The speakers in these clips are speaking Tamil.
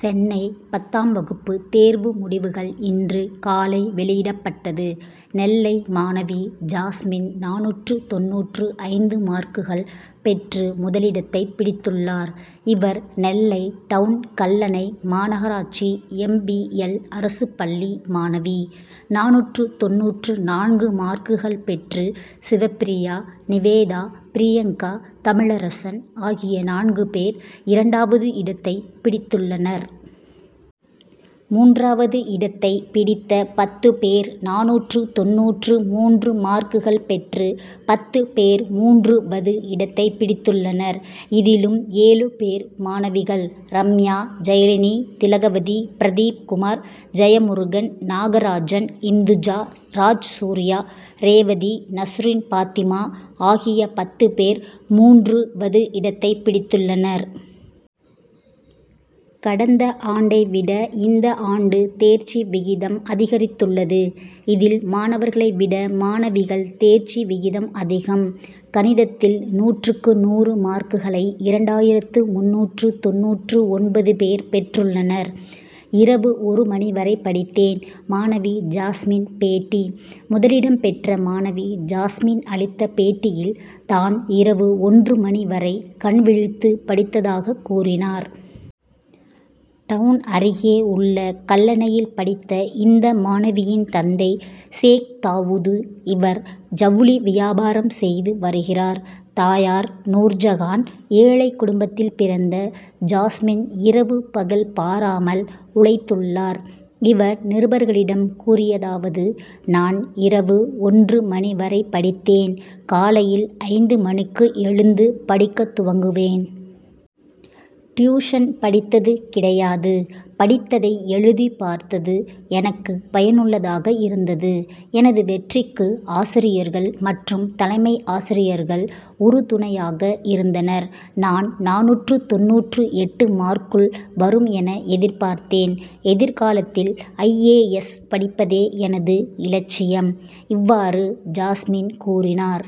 சென்னை பத்தாம் வகுப்பு தேர்வு முடிவுகள் இன்று காலை வெளியிடப்பட்டது. நெல்லை மாணவி ஜாஸ்மின் நானூற்று தொண்ணூற்று ஐந்து மார்க்குகள் பெற்று முதலிடத்தை பிடித்துள்ளார். இவர் நெல்லை டவுண் கல்லணை மாநகராட்சி எம். பி. எல்., அரசுப் பள்ளி மாணவி. நானூற்று தொண்ணூற்று நான்கு மார்க்குகள் பெற்று சிவப்பிரியா, நிவேதா, பிரியங்கா, தமிழரசன், ஆகிய நான்கு பேர் இரண்டாவது இடத்தை பிடித்துள்ளனர். மூன்றாவது இடத்தை பிடித்த பத்து பேர்: நானூற்று தொண்ணூற்று மூன்று மார்க்குகள் பெற்று பத்து பேர் மூன்று வது இடத்தை பிடித்துள்ளனர். இதிலும் ஏழு பேர் மாணவிகள். ரம்யா, ஜெயலினி, திலகவதி, பிரதீப்குமார், ஜெயமுருகன், நாகராஜன், இந்துஜா, ராஜ்சூர்யா, ரேவதி, நசுரின்பாத்திமா, ஆகிய பத்து பேர் மூன்று வது இடத்தை பிடித்துள்ளனர். கடந்த ஆண்டை விட இந்த ஆண்டு தேர்ச்சி விகிதம் அதிகரித்துள்ளது. இதில் மாணவர்களை விட மாணவிகள் தேர்ச்சி விகிதம் அதிகம். கணிதத்தில் நூற்றுக்கு நூறு மார்க்குகளை இரண்டாயிரத்து முந்நூற்று தொண்ணூற்று ஒன்பது பேர் பெற்றுள்ளனர். இரவு ஒரு மணி வரை படித்தேன் மாணவி ஜாஸ்மின் பேட்டி முதலிடம் பெற்ற மாணவி ஜாஸ்மின் அளித்த பேட்டியில், தான் இரவு ஒன்று மணி வரை கண்விழித்து படித்ததாக கூறினார். டவுண் அருகே உள்ள கல்லணையில் படித்த இந்த மாணவியின் தந்தை சேக்தாவூது. இவர் ஜவுளி வியாபாரம் செய்து வருகிறார். தாயார் நூர்ஜகான். ஏழைக்குடும்பத்தில் பிறந்த ஜாஸ்மின் இரவு பகல் பாராமல் உழைத்துள்ளார். இவர் நிருபர்களிடம் கூறியதாவது: நான் இரவு ஒன்று மணி வரை படித்தேன். காலையில் ஐந்து மணிக்கு எழுந்து படிக்கத்துவங்குவேன். டியூஷன் படித்தது கிடையாது. படித்ததை எழுதிபார்த்தது எனக்கு பயனுள்ளதாக இருந்தது. எனது வெற்றிக்கு ஆசிரியர்கள் மற்றும் தலைமை ஆசிரியர்கள் உறு துணையாக இருந்தனர். நான் நானூற்று தொண்ணூற்று எட்டு மார்க்குள் வரும் என எதிர்பார்த்தேன். எதிர்காலத்தில் ஐ. ஏ. எஸ்., படிப்பதே எனது இலட்சியம். இவ்வாறு ஜாஸ்மின் கூறினார்.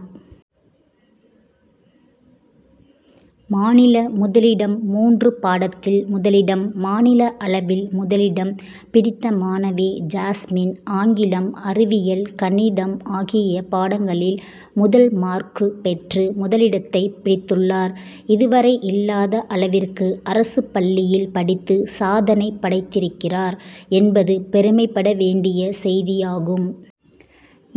மாநில முதலிடம் மூன்று பாடத்தில் முதலிடம் மாநில அளவில் முதலிடம் பிடித்த மாணவி ஜாஸ்மின் ஆங்கிலம், அறிவியல், கணிதம் ஆகிய பாடங்களில் முதல் மார்க்கு பெற்று முதலிடத்தை பிடித்துள்ளார். இது வரை இல்லாத அளவிற்கு அரசுப்பள்ளியில் படித்து சாதனை படைத்திருக்கிறார் என்பது பெருமைபட வேண்டிய செய்தியாகும்.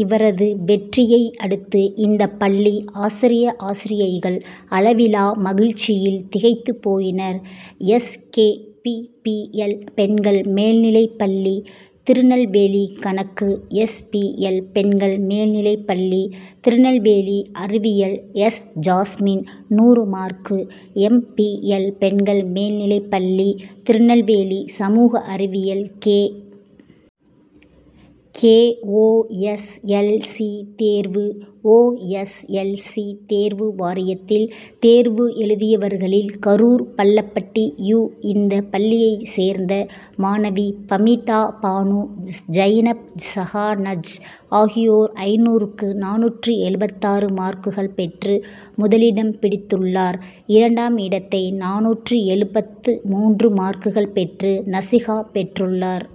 இவரது வெற்றியை அடுத்து இந்தப்பள்ளி ஆசிரிய, ஆசிரியைகள் அளவிலா மகிழ்ச்சியில் திகைத்து போயினர். S. K. P. P. L. பெண்கள் மேல்நிலைப்பள்ளி, திருநெல்வேலிகணக்கு எஸ். பி. எல். பெண்கள் மேல்நிலைப்பள்ளி, திருநெல்வேலிஅறிவியல் எஸ். ஜாஸ்மின், நூறு மார்க்கு, எம். பி. எல். பெண்கள் மேல்நிலைப்பள்ளி, திருநெல்வேலிசமூக அறிவியல் K. K. O. S. L. C., தேர்வு ஓ. எஸ். எல். சி., தேர்வு வாரியத்தில், தேர்வு எழுதியவர்களில் கரூர் பள்ளப்பட்டி யு. இந்தப் பள்ளியைச் சேர்ந்த மாணவி பமீதா பாணு, ஜயினப் சஹானஜ் ஆகியோர் ஐந்நூறுக்கு நானூற்று எழுபத்தாறு மார்க்குகள் பெற்று முதலிடம் பிடித்துள்ளார். இரண்டாம் இடத்தை நானூற்று எழுபத்து மூன்று மார்க்குகள் பெற்று நசிஹா பெற்றுள்ளார்.